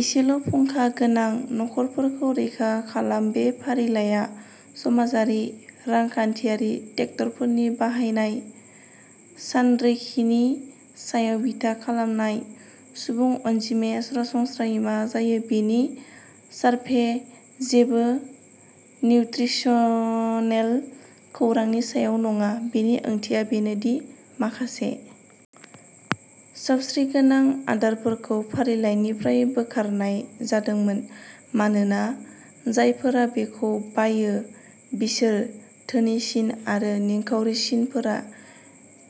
एसेल' फुंखा गोनां नखरफोरखौ रैखा खालाम बे फारिलाइआ समाजारि रांखान्थियारि टेक्टरफोरनि बाहायनाय सानरिखिनि सायाव बिथा खालामनाय सुबुं अनजिमाया सरासनस्रायै मा जायो बेनि सारभे जेबो निउत्रिसनेल खौरांनि सायाव नङा बेनि ओंथिया बेनो दि माखासे सावस्रिगोनां आदारफोरखौ फारिलाइनिफ्राय बोखारनाय जादोंमोन मानोना जायफोरा बेखौ बायो बिसोर धोनिसिन आरो निखावरिसिनफोरा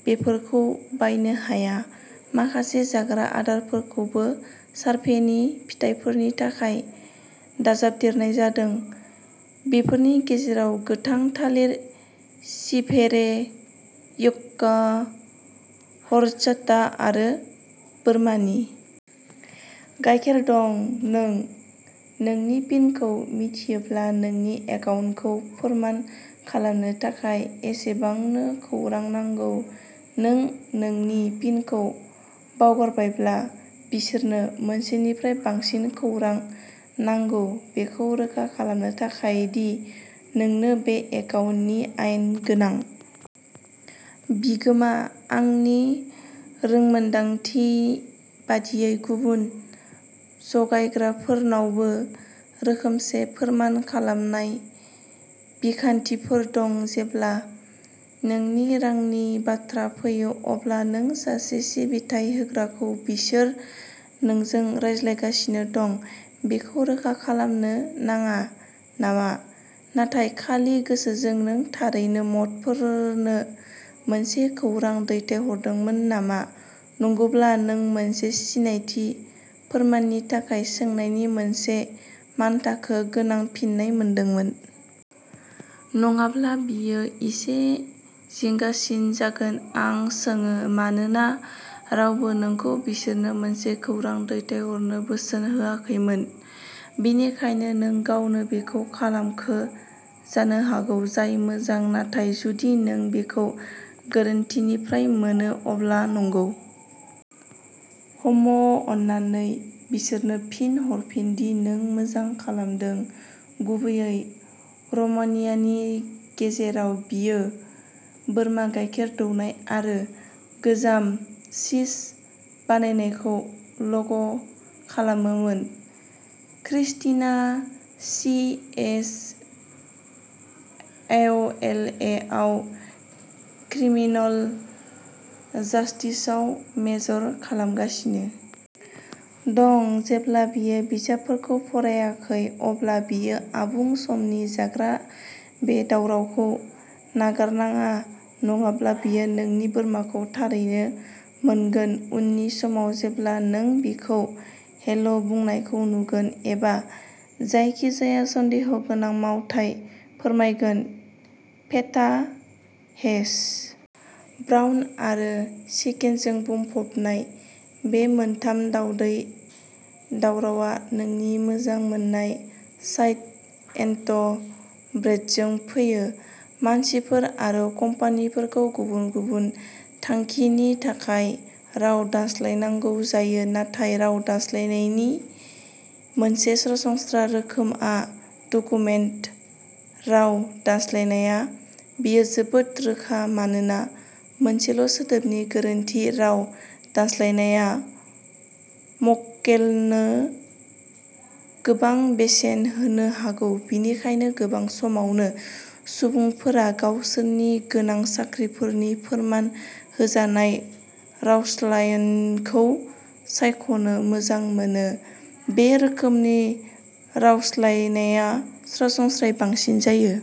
बेफोरखौ बायनो हाया माखासे जाग्रा आदारफोरखौबो सारभेनि फिथायफोरनि थाखाय दाजाबदेरनाय जादों बेफोरनि गेजेराव गोथां थालिर चिभेरे युक्का हरचाटा आरो बोरमानि गायखेर दं नों नोंनि पिनखौ मिथियोब्ला नोंनि एकाउन्टखौ फोरमान खालामनो थाखाय एसेबांनो खौरां नांगौ नों नोंनि पिनखौ बावगारबायब्ला बिसोरनो मोनसेनिफ्राय बांसिन खौरां नांगौ बेखौ रोखा खालामनो थाखाय दि नोंनो बे एकाउन्टनि आयेन गोनां बिगोमा आंनि रोंमोन्दांथि बादियै गुबुन जगायग्राफोरनावबो रोखोमसे फोरमान खालामनाय बिखान्थिफोर दं जेब्ला नोंनि रांनि बाथ्रा फैयो अब्ला नों सासे सिबिथाइ होग्राखौ बिसोर नोंजों रायज्लायगासिनो दं बेखौ रोखा खालामनो नाङा नामा नाथाय खालि गोसोजों नों थारैनो मडफोरनो मोनसे खौरां दैथायहरदोंमोन नामा नंगौब्ला नों मोनसे सिनायथि फोरमाननि थाखाय सोंनायनि मोनसे मानथाखो गोनां फिननाय मोनदोंमोन। नङाब्ला बेयो इसे जिंगासिन जागोन आं सोङो मानोना रावबो नोंखौ बिसोरनो मोनसे खौरां दैथायहरनो बोसोन होआखैमोन बेनिखायनो नों गावनो बेखौ खालामखो जानो हागौ जाय मोजां नाथाय जुदि नों बेखौ गोरोन्थिनिफ्राय मोनो अब्ला नंगौ हम्म अन्नानै बिसोरनो फिन हरफिन दि नों मोजां खालामदों गुबैयै र'मानियानि गेजेराव बियो बोरमा गायखेर दौनाय आरो गोजाम चीज बानायनायखौ ल'ग खालामोमोन Christina C S E L A आव क्रिमिनल जस्टिसआव मेजर खालामगासिनो दं जेब्ला बियो बिजाबफोरखौ फरायाखै अब्ला बियो आबुं समनि जाग्रा बे दावरावखौ नागारनाङा नङाब्ला बेयो नोंनि बोरमाखौ थारैनो मोनगोन उननि समाव जेब्ला नों बिखौ हेल' बुंनायखौ नुगोन एबा जायखिजाया सन्देह' गोनां मावथाय फोरमायगोन फेटा हेश ब्राउन आरो चिकेनजों बुंफबनाय बे मोनथाम दावदै दावरावआ नोंनि मोजां मोननाय साइड एन्थ' ब्रेडजों फैयो मानसिफोर आरो कम्पानिफोरखौ गुबुन गुबुन थांखिनि थाखाय राव दानस्लायनांगौ जायो नाथाय राव दानस्लायनायनि मोनसे सरासनस्रा रोखोमआ डकुमेन्ट राव दानस्लायनाया बेयो जोबोद रोखा मानोना मोनसेल' सोदोबनि गोरोन्थि राव दानस्लायनाया मक्केलनो गोबां बेसेन होनो हागौ बेनिखायनो गोबां समावनो सुबुंफोरा गावसोरनि गोनां साख्रिफोरनि फोरमान होजानाय रावस्लायनखौ सायख'नो मोजां मोनो बे रोखोमनि रावस्लायनाया सरासनस्रायै बांसिन जायो।